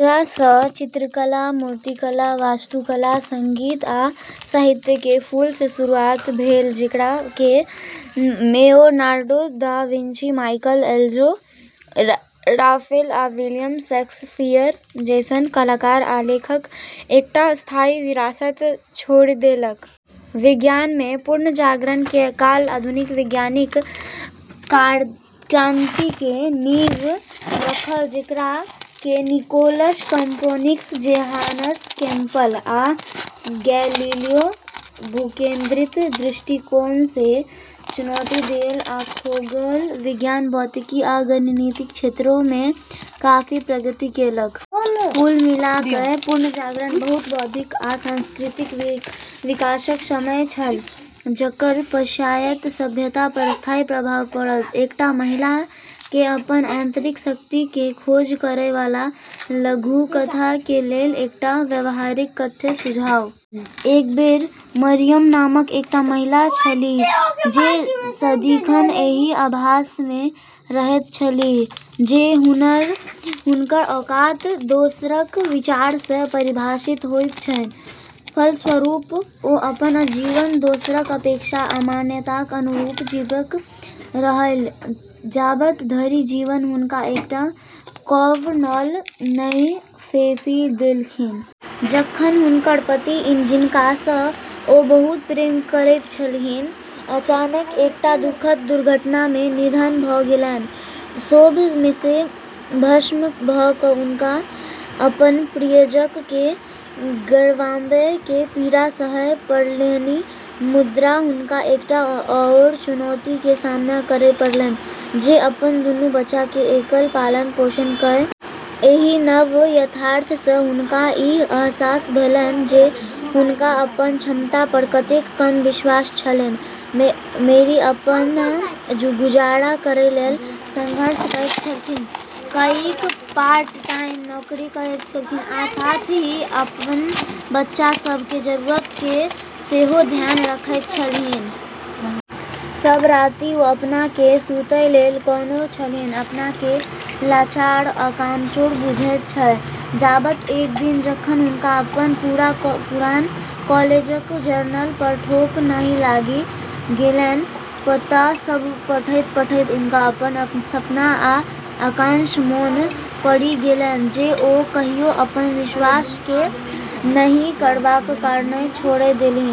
एकरा सँ चित्रकला, मूर्तिकला, वास्तुकला, संगीत, आ साहित्य के फूल के शुरुआत भेल, जेकरा मे Leonardo da Vinci, Michelangelo, Raphael, आ विलियम शेक्सपियर जैसन कलाकार आ लेखक एकटा स्थायी विरासत छोड़ि देलक। विज्ञान मे पुनर्जागरण काल आधुनिक वैज्ञानिक क्रांति के नींव रखलक, जेकरा मे निकोलस कोपर्निकस, जोहानस केपलर, आ गैलिलियो गैलिली जैसन आकृति ब्रह्मांड के पारंपरिक भूकेंद्रित दृष्टिकोण के चुनौती देलक आ खगोल विज्ञान, भौतिकी, आ गणित जैसन क्षेत्र मे काफी प्रगति केलक। कुल मिला कए पुनर्जागरण बहुत बौद्धिक आ सांस्कृतिक विकासक समय छल, जकर पाश्चात्य सभ्यता पर स्थायी प्रभाव पड़ल। एकटा महिला के अपन आंतरिक-शक्ति के खोज करय वाला लघुकथा के लेल एकटा व्यावहारिक कथ्य सुझाउ। एक बेर मरियम नामक एकटा महिला छलीह जे सदिखन एहि आभास मे रहैत छलीह जे हुनकर औकात दोसरक विचार सँ परिभाषित होइत छनि। फलस्वरूप, ओ अपन जीवन दोसरक अपेक्षा आ मान्यताक अनुरूप जीबैत रहलीह, जाबत धरि जीवन हुनका एकटा कर्वबॉल नहि फेकि देलकनि। जखन हुनकर पति, जिनका सँ ओ बहुत प्रेम करैत छलीह, अचानक एकटा दुखद दुर्घटना मे निधन भ' गेलनि। शोक मे भस्म भ' क' हुनका अपन प्रियजन केँ गंवाबय के पीड़ा सहय पड़लनि, मुदा हुनका एकटा आओर चुनौती के सामना करय पड़लनि, जे अपन दुनू बच्चा के एकल पालन-पोषण के। एहि नव यथार्थ सँ हुनका ई अहसास भेलनि जे हुनका अपन क्षमता पर कतेक कम विश्वास छलनि। मैरी अपन गुजारा करै लेल संघर्ष करैत छलीह, कईएक पार्ट टाइम नौकरी करैत छलीह आ साथ ही साथ अपन बच्चा सभ के जरूरत के सेहो ध्यान रखैत छलीह। सब राति ओ अपना केँ सुतय लेल कानैत छलीह, अपना केँ लाचार आ कमजोर बुझैत छलीह, जाबत एक दिन, जखन हुनका अपन पुरान कॉलेजक जर्नल पर ठोकर नहि लागि गेलनि। पन्ना सभ पढ़ैत-पढ़ैत हुनका अपन सपना आ आकांक्षा मोन पड़ि गेलनि जे ओ कहियो अपना पर विश्वास नहि करबाक कारणेँ छोड़ि देने छलीह।